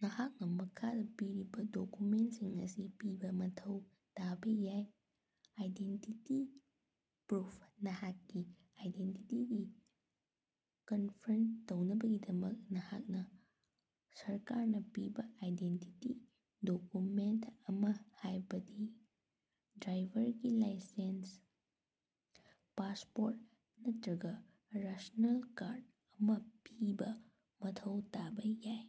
ꯅꯍꯥꯛꯅꯥ ꯃꯈꯥꯗꯥ ꯄꯤꯔꯤꯕꯥ ꯗꯣꯛꯌꯨꯃꯦꯟꯇꯁꯤꯡ ꯑꯁꯤ ꯄꯤꯕꯥ ꯃꯊꯧ ꯇꯥꯕꯥ ꯌꯥꯏ: ꯑꯥꯏꯗꯦꯟꯇꯤꯇꯤꯒꯤ ꯄ꯭ꯔꯨꯐ ꯅꯍꯥꯛꯀꯤ ꯑꯥꯏꯗꯦꯟꯇꯤꯇꯤ ꯀꯟꯐꯥꯔꯝ ꯇꯧꯅꯕꯒꯤꯗꯃꯛ ꯅꯍꯥꯛꯅꯥ ꯁꯔꯀꯥꯔꯅꯥ ꯄꯤꯕꯥ ꯑꯥꯏꯗꯦꯟꯇꯤꯇꯤ ꯗꯣꯛꯌꯨꯃꯦꯟꯇ ꯑꯃ, ꯍꯥꯏꯕꯗꯤ ꯗ꯭ꯔꯥꯏꯚꯔꯒꯤ ꯂꯥꯏꯁꯦꯟꯁ, ꯄꯥꯁꯄꯣꯔꯠ ꯅꯠꯇꯔꯒꯥ ꯅꯦꯁꯅꯦꯜ ꯀꯥꯔꯗ ꯑꯃꯥ ꯄꯤꯕꯥ ꯃꯊꯧ ꯇꯥꯕꯥ ꯌꯥꯏ꯫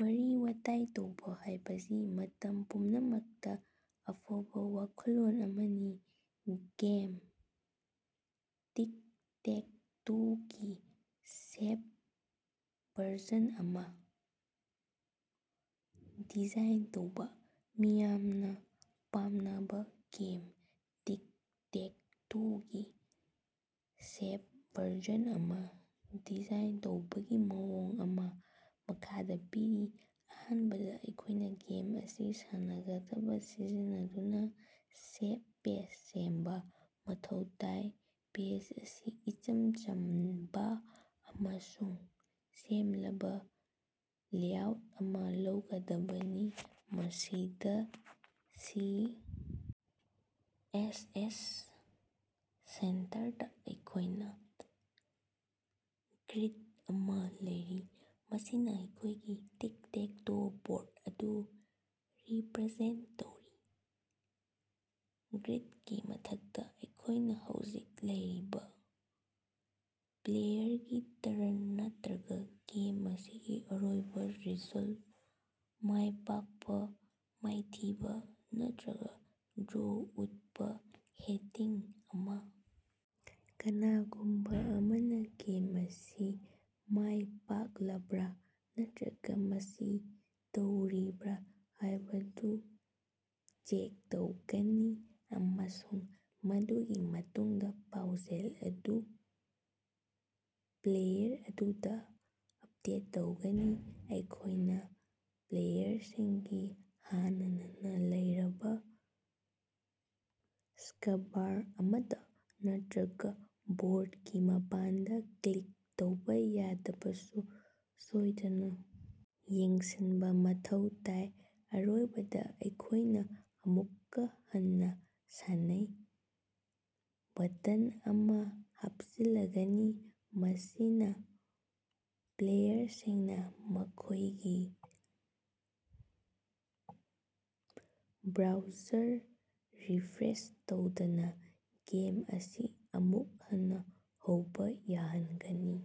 ꯋꯥꯔꯤ-ꯋꯥꯇꯥꯏ ꯇꯧꯕꯥ ꯍꯥꯏꯕꯁꯤ ꯃꯇꯝ ꯄꯨꯝꯅꯃꯛꯇꯥ ꯑꯐꯕꯥ ꯋꯥꯈꯜꯂꯣꯟ ꯑꯃꯅꯤ꯫ ꯒꯦꯝ ꯇꯤꯛ-ꯇꯦꯛ-ꯇꯣꯒꯤ ꯋꯦꯕ ꯚꯔꯖꯟ ꯑꯃꯥ ꯗꯤꯖꯥꯏꯟ ꯇꯧꯕꯥ꯫ ꯃꯤꯌꯥꯝꯅ ꯄꯥꯝꯅꯕ ꯒꯦꯝ ꯇꯤꯛ-ꯇꯦꯛ-ꯇꯣꯒꯤ ꯋꯦꯕ ꯚꯔꯖꯟ ꯑꯃꯥ ꯗꯤꯖꯥꯏꯟ ꯇꯧꯕꯒꯤ ꯃꯑꯣꯡ ꯑꯃꯥ ꯃꯈꯥꯗꯥ ꯄꯤꯔꯤ: ꯑꯍꯥꯟꯕꯗ, ꯑꯩꯈꯣꯏꯅ ꯒꯦꯝ ꯑꯁꯤ ꯁꯥꯟꯅꯒꯗꯕ ꯁꯤꯖꯤꯟꯅꯗꯨꯅꯥ ꯋꯦꯕ ꯄꯦꯖ ꯁꯦꯝꯕꯥ ꯃꯊꯧ ꯇꯥꯏ꯫ ꯄꯦꯖ ꯑꯁꯤ ꯏꯆꯝ ꯆꯝꯕꯥ ꯑꯃꯁꯨꯡ ꯁꯦꯡꯂꯕꯥ ꯂꯦꯑꯥꯎꯠ ꯑꯃ ꯂꯩꯒꯗꯕꯅꯤ, ꯃꯁꯤꯗꯥ ꯁꯤ. ꯑꯦꯁ. ꯑꯦꯁ. ꯁꯦꯟꯇꯔꯗꯥ ꯑꯩꯈꯣꯏꯅ ꯒ꯭ꯔꯤꯗ ꯑꯃꯥ ꯂꯩꯔꯤ, ꯃꯁꯤꯅꯥ ꯑꯩꯈꯣꯏꯒꯤ ꯇꯤꯛ-ꯇꯦꯛ-ꯇꯣ ꯕꯣꯔꯗ ꯑꯗꯨ ꯔꯤꯄꯔꯖꯦꯟꯇ ꯇꯧꯔꯤ꯫ ꯒ꯭ꯔꯤꯗꯀꯤ ꯃꯊꯛꯇꯥ, ꯑꯩꯈꯣꯏꯅ ꯍꯧꯖꯤꯛ ꯂꯩꯔꯤꯕꯥ ꯄ꯭ꯂꯦꯌꯔꯒꯤ ꯇꯔꯟ ꯅꯠꯇꯔꯒꯥ ꯒꯦꯝ ꯑꯁꯤꯒꯤ ꯑꯔꯣꯏꯕꯥ ꯔꯤꯖꯜꯇ (ꯃꯥꯏꯄꯥꯛꯄꯥ, ꯃꯥꯏꯊꯤꯕꯥ ꯅꯠꯔꯒꯥ ꯗ꯭ꯔꯣ) ꯎꯠꯄꯥ ꯍꯦꯗꯤꯡ ꯑꯃꯥ ꯀꯅꯥꯒꯨꯝꯕꯥ ꯑꯃꯅꯥ ꯒꯦꯝ ꯑꯁꯤ ꯃꯥꯏꯄꯥꯛꯂꯕꯔꯥ ꯅꯠꯇꯔꯒꯥ ꯃꯁꯤ ꯇꯩꯔꯤꯕꯔꯥ ꯍꯥꯏꯕꯗꯨ ꯆꯦꯛ ꯇꯧꯒꯅꯤ, ꯑꯃꯁꯨꯡ ꯃꯗꯨꯒꯤ ꯃꯇꯨꯡꯗꯥ ꯄꯥꯎꯖꯦꯜ ꯑꯗꯨ ꯄ꯭ꯂꯦꯌꯔ ꯑꯗꯨꯗꯥ ꯑꯄꯗꯦꯠ ꯇꯧꯒꯅꯤ꯫ ꯑꯩꯈꯣꯏꯅ ꯄ꯭ꯂꯦꯌꯔꯁꯤꯡꯅꯥ ꯍꯥꯟꯅꯅꯥ ꯂꯩꯔꯕꯥ ꯁ꯭ꯀꯕꯥꯔ ꯑꯃꯗꯥ ꯅꯠꯇꯔꯒꯥ ꯕꯣꯔꯗꯀꯤ ꯃꯄꯥꯟꯗꯥ ꯀ꯭ꯂꯤꯛ ꯇꯧꯕꯥ ꯌꯥꯗꯕꯁꯨ ꯁꯣꯏꯗꯅꯥ ꯌꯦꯡꯁꯤꯟꯕꯥ ꯃꯊꯧ ꯇꯥꯏ꯫ ꯑꯔꯣꯏꯕꯗꯥ, ꯑꯩꯈꯣꯏꯅ "ꯑꯃꯨꯛꯀꯥ ꯍꯟꯅꯥ ꯁꯥꯟꯅꯧ" ꯕꯇꯟ ꯑꯃꯥ ꯍꯥꯄꯆꯤꯜꯂꯒꯅꯤ, ꯃꯁꯤꯅꯥ ꯄ꯭ꯂꯦꯌꯔꯁꯤꯡꯅꯥ ꯃꯈꯣꯏꯒꯤ ꯕ꯭ꯔꯥꯎꯖꯔ ꯔꯤꯐ꯭ꯔꯦꯁ ꯇꯧꯗꯅꯥ ꯒꯦꯝ ꯑꯁꯤ ꯑꯃꯨꯛ ꯍꯟꯅꯥ ꯍꯧꯕꯥ ꯌꯥꯍꯟꯒꯅꯤ꯫